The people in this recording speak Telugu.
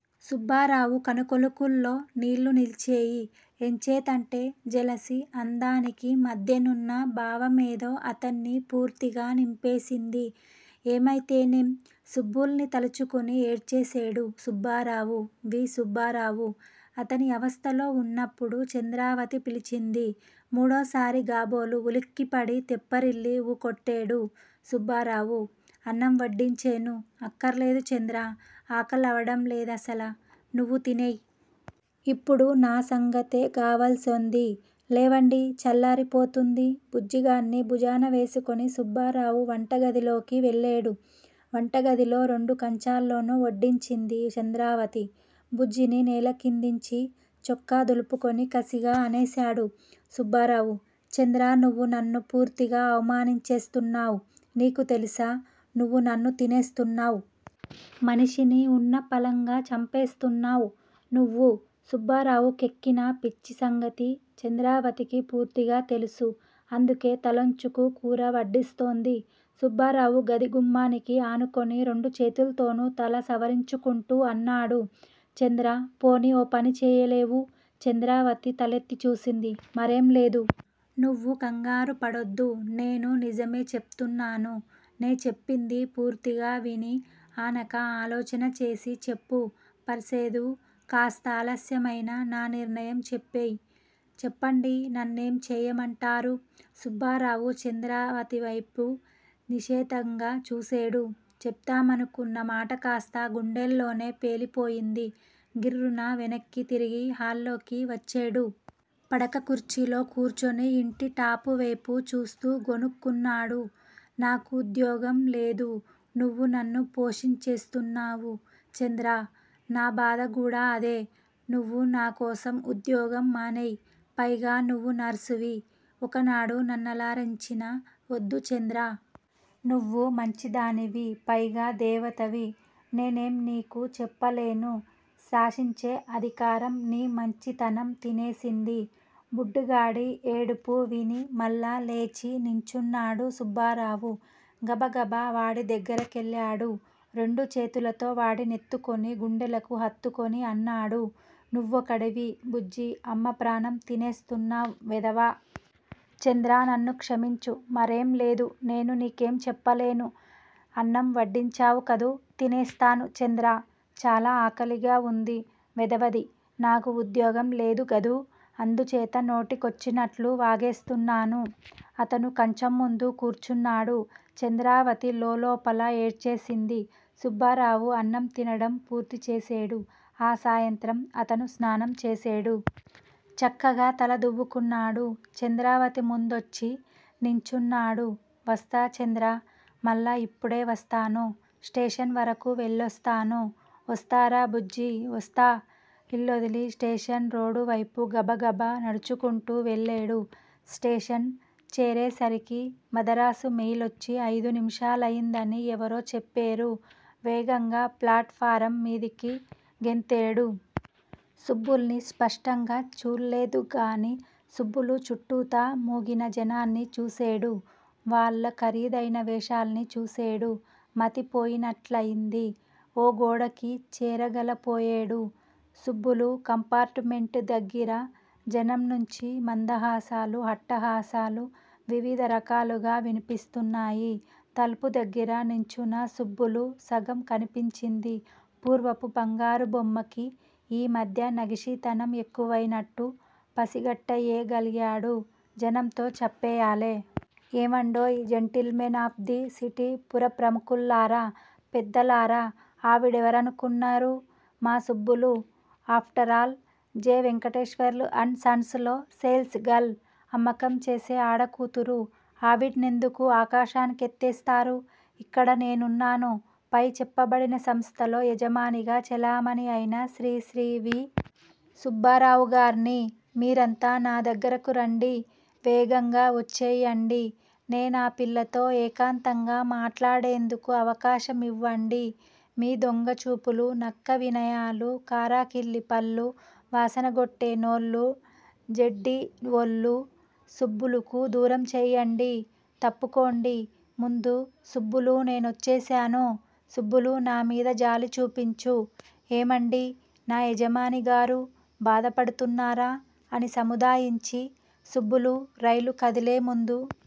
సుబ్బారావు కనుకొలకుల్లో నీళ్ళునిలిచేయి! ఎంచేతంటే జెలసీ, అందానికి మధ్యనున్న భా వేమేదో అతన్ని పూర్తిగా నింపేసింది. ఏమైతేనేం సుబ్బుల్ని తలుచుకుని ఏడ్చేసేడు సుబ్బారావు, వి. సుబ్బారావు. అతనీ అవస్థలో ఉన్నప్పుడు చంద్రావతి పిలిచింది. మూడోసారిగాబోలు ఉలిక్కిపడి, తెప్పరిల్లి వూకొట్టేడు సుబ్బారావు. అన్నం వడ్డించేను. అఖ్ఖర్లేదు, చంద్రా! ఆకలవడంలేదసల నువ్వు తినేయ్. ఇప్పుడు నా సంగతేగావల్సొంది. లేవండి చల్లారి పోతుంది. బుజ్జిగాడ్ని భూజానవేసుకుని సుబ్బారావు వంటగదిలోకి వెళ్ళేడు. వంటగదిలో రెండు కంచాల్లోనూ వొడ్డించింది చంద్రావతి. బుజ్జిని నేలమిదికిందించి, చొక్కా దులుపుకుని కసిగా అనేశాడు సుబ్బారావు. చంద్రా నువ్వు నన్ను పూర్తిగా అవమానించేస్తున్నావ్. నీకు తెలుసా నువ్వు నన్ను తినేస్తున్నావు. మనిషి ని వున్నపళంగా చంపేస్తున్నావ్ నువ్వు. సుబ్బారావు కెక్కిన పిచ్చిసంగతి చంద్రావతికి పూర్తిగా తెలుసు. అందుకే తలొంచుకు కూర వొడ్డిస్తోంది. సుబ్బారావు గది గుమ్మానికి ఆనుకుని రెండు చేతుల్తోనూ తల సవరించుకుంటూ అన్నాడు! చంద్రా! పోనీ ఓపని చేయలేవూ? చంద్రావతి తలెత్తి చూసింది. మరేం లేదు. నువ్వు ఖంగారు పడొద్దు. నేను నిజమే చెప్తున్నాను. నే చెప్పింది పూర్తిగా విని ఆనక ఆలోచన చేసి చెప్పు. ఫర్సేదు కాస్తాలస్యమైనా నా నిర్ణయం చెప్పేయ్. చెప్పండి నన్నేం చేయమంటారు? సుబ్బారావు చంద్రావతి వేపు నిశితంగా చూసేడు. చెప్దామనుకున్న మాటకాస్తా గుండెల్లోనే పేలిపోయింది. గిర్రున వెనక్కి తిరిగి హాల్లోచి వచ్చేడు. పడక కుర్చీలో కూర్చుని యింటి టాపు వేపు చూస్తూ గొణుక్కున్నాడు. నా కుద్యోగం లేదు. నువ్వు నన్ను పోషించేస్తు న్నావు చంద్రా! నా బాధ గూడా అదే. నువ్వు నాకోసం ఉద్యోగం మానేయ్. పైగా నువ్వు నర్సువి. ఒక నాడు నన్నల రించిన వొద్దు చంద్రా! నువ్వు మంచి దానివి పైగా దేవతవి. నేనేం నీకు చెప్పలేను. శాసించే అధికారం నీ మంచి తనం తినేసింది.! బుడ్డుగాడి యేడుపు విని మళ్ళా లేచి నించున్నాడు సుబ్బారావు. గబగబా వాడిదగ్గరికెళ్ళాడు. రెండు చేతులతో వాడి నెత్తుకుని గుండెలకు హత్తుకుని అన్నాడు. నువ్వొకడివి బుజ్జీ! అమ్మప్రాణం తినేస్తున్నావ్ వెధవ! చంద్రా నన్ను క్షమించు. మరేంలేదు నేను నీకేం చెప్పలేను. అన్నం వడ్డించావుకదూ, తినేస్తాను చంద్రా. చాలా ఆకలిగావుంది. వెధవది నాకుఉద్యోగ లేదుగదూ అందుచేత నోటికొచ్చినట్లు వాగేస్తున్నాను. అతను కంచంముందు కూర్చున్నాడు, చంద్రావతి లోలోపల ఏడ్చేసింది. సుబ్బారావు అన్నంతినడం పూర్తి చేసేడు. ఆ సాయంత్రం అతను స్నానంచేసేడు. చక్కగా తల దువ్వుకున్నాడు చంద్రావతిముందొచ్చి నించున్నాడు. వొస్తా చంద్రా! మళ్ళా యిప్పుడే వొస్తాను. స్టేషన్ వరకూ వెళ్ళొస్తాను. వొస్తారా బుజ్జీ! వొస్తా. ఇల్లొదిలి స్టేషనురోడ్డువైపు గబగబా నడుచుకుంటూ వెళ్ళేడు. స్టేషను చేరేసరికి మదరాసు మెయిలొచ్చి ఆయిదు నిమిషాలయిందని ఎవరో చెప్పేరు. వేగంగా ప్లాటుఫారం మిదికి గెంతేడు. సుబ్బుల్ని స్పష్టంగా చూళ్ళేదుగాని సుబ్బులు చుట్టూతా మూగిన జనాన్ని చూసేడు. వాళ్ళ ఖరిదైన వేషాల్ని చూసేడు. మతిపోయినట్లయింది. ఓగోడకి చేరగలపోయేడు. సుబ్బులు కంపార్టుమెంటుదగ్గిర జనంనుంచి మందహాసాలూ, అట్టహాసాలూ వివిథరకాలుగా వినిపిస్తున్నాయి. తలుపుదగ్గిర నుంచున్న సుబ్బులు సగం కనిపించింది. పూర్వపు బంగారుబొమ్మకి యి మధ్య నగిషీతనం ఎక్కువైనట్టు పసిగట్టేయగలిగాడు, జనంతో చప్పేయాలి. ఏమండోయే! జెంటిల్మెన్ ఆఫ్ ది సిటీ పురప్రుముఖుల్లరా! పెద్దలారా! ఆవిడెవరనుకున్నరు? మాసుబ్బులు. After all J. Venkateswarlu and sons లో సేల్స్ గర్ల్. అమ్మకం చేసే ఆడకూతురు ఆవిడ్నెందుకు ఆకాశానికెత్తేస్తారు? ఇక్కడ నేనున్నాను. పై చెప్పబడిన సంస్థలో యజమానిగా చెలామణి అయిన శ్రీ శ్రీ వి. సుబ్బారావుగార్ని. మిరంతా నాదగ్గరకు రండి. వేగంగా వొచ్చేయండి! నేనా. పిల్లతో ఏకాంతంగా మాటాడేందుకు అవకాశమివ్వండి:మి దొంగచూపులూ, నక్కవినయాలూ, కారాకిళ్ళీపళ్ళూ, వాసనగొట్టే నోళ్ళు, జడ్డి వొళ్ళూ సుబ్బులుకి దూరంచేయండి తప్పుకోండిముందు సుబ్బులూ నేనొచ్చేశాను. సుబ్బులూ, నామిద జాలిచూపించు. ఏమండీ! నా యజమానిగారూ! బాధపడుతున్నారా అని సముదాయించు సుబ్బూలూ. రైలు కదిలేముందు